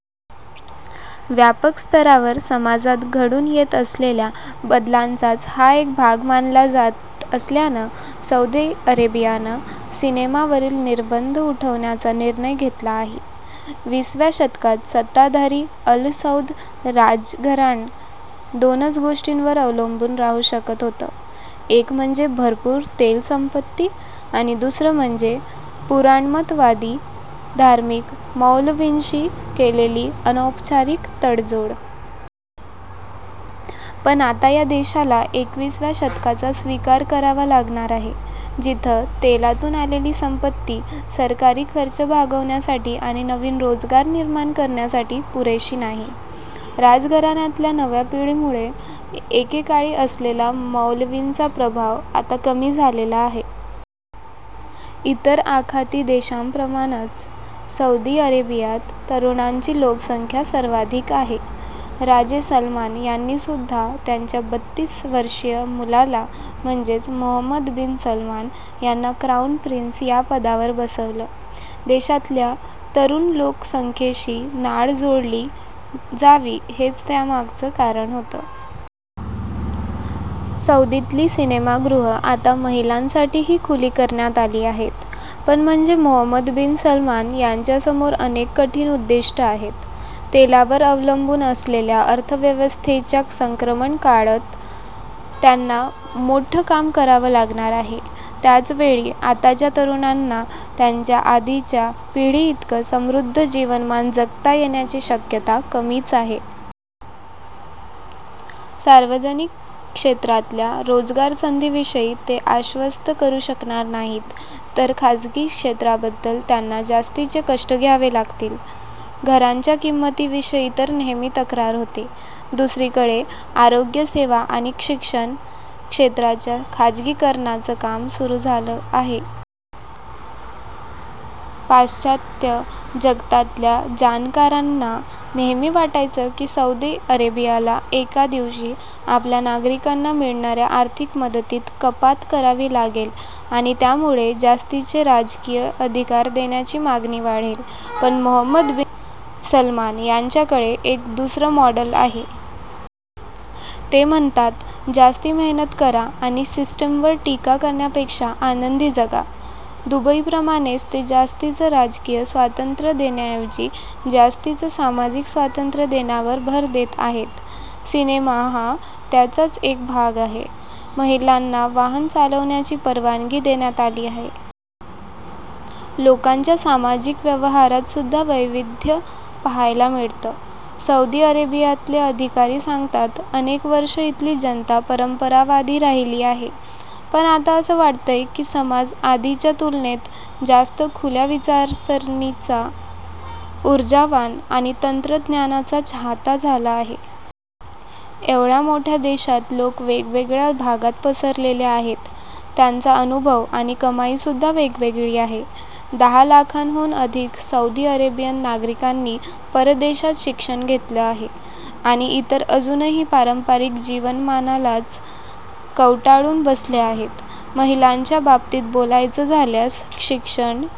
व्यापक स्तरावर समाजात घडून येत असलेल्या बदलांचाच हा एक भाग मानला जात असल्यानं सौदी अरेबियानं सिनेमावरील निर्बंध उठवण्याचा निर्णय घेतला आहे. वीस व्या शतकात सत्ताधारी अल सौद राजघराणं दोनच गोष्टींवर अवलंबून राहू शकत होतं, एक म्हणजे भरपूर तेल संपत्ती आणि दुसरं म्हणजे पुराणमतवादी धार्मिक मौलवींशी केलेली अनौपचारिक तडजोड. पण आता या देशाला एकवीस व्या शतकाचा स्वीकार करावा लागणार आहे. जिथं तेलातून आलेली संपत्ती सरकारी खर्च भागवण्यासाठी आणि नवीन रोजगार निर्माण करण्यासाठी पुरेशी नाही. राजघराण्यातल्या नव्या पिढीमुळे एकेकाळी असलेला मौलवींचा प्रभाव आता कमी झालेला आहे. इतर आखाती देशांप्रमाणंच सौदी अरेबियात तरुणांची लोकसंख्या सर्वाधिक आहे. राजे सलमान यांनीसुद्धा त्यांच्या बतीस वर्षीय मुलाला म्हणजेच मोहम्मद बिन सलमान यांना क्राऊन प्रिंस या पदावर बसवलं. देशातल्या तरुण लोकसंख्येशी नाळ जोडली जावी हेच त्यामागचं कारण होतं. सौदीतली सिनेमागृह आता महिलांसाठीही खुली करण्यात आली आहेत. पण म्हणजे मोहम्मद बिन सलमान यांच्यासमोर अनेक कठीण उद्दीष्ट आहेत. तेलावर अवलंबून असलेल्या अर्थव्यवस्थेच्या संक्रमण काळत त्यांना मोठं काम करावं लागणार आहे. त्याचवेळी आताच्या तरुणांना त्यांच्या आधीच्या पिढीइतकं समृद्ध जीवनमान जगता येण्याची शक्यता कमीच आहे. सार्वजनिक क्षेत्रातल्या रोजगार संधीविषयी ते आश्वस्त करू शकणार नाहीत तर खाजगी क्षेत्राबद्दल त्यांना जास्तीचे कष्ट घ्यावे लागतील. घरांच्या किंमतीविषयी तर नेहमी तक्रार होते. दुसरीकडे आरोग्यसेवा आणि शिक्षण क्षेत्राच्या खाजगीकरणाचं काम सुरू झालं आहे. पाश्चात्य जगतातल्या जाणकारांना नेहमी वाटायचं की सौदी अरेबियाला एका दिवशी आपल्या नागरीकांना मिळणाऱ्या आर्थिक मदतीत कपात करावी लागेल आणि त्यामुळे जास्तीचे राजकीय अधिकार देण्याची मागणी वाढेल. पण मोहम्मद बिन सलमान यांच्याकडे एक दूसर मॉडेल आहे. ते म्हणतात जास्ती मेहनत करा आणि सिस्टमवर टीका करण्यापेक्षा आनंदी जगा. दूबईप्रमाणेच ते जास्तीचं राजकीय स्वातंत्र्य देण्याऐवजी जास्तीचं सामाजिक स्वातंत्र्य देण्यावर भर देत आहेत. सिनेमा हा त्याचाच एक भाग आहे. महिलांना वाहन चालवण्याची परवानगी देण्यात आली आहे. लोकांच्या सामाजिक व्यवहारात सुद्धा वैविध्य पाहायला मिळतं. सौदी अरेबियातले अधिकारी सांगतात अनेक वर्षं इथली जनता परंपरावादी राहीली आहे, पण आता असं वाटतंय की समाज आधीच्या तुलनेत जास्त खुल्या विचारसरणीचा, उर्जावान आणि तंत्रज्ञानाचा चाहता झाला आहे. एवढ्या मोठ्या देशात लोक वेगवेगळ्या भागात पसरलेले आहेत. त्यांचा अनुभव आणि कमाईसुद्धा वेगवेगळी आहे. दहा लाखांहून अधिक सौदी अरेबियन नागरिकांनी परदेशात शिक्षण घेतलं आहे आणि इतर अजूनही पारंपारिक जीवनमानालाच कवटाळून बसले आहेत. महिलांच्या बाबतीत बोलायचं झाल्यास शिक्षण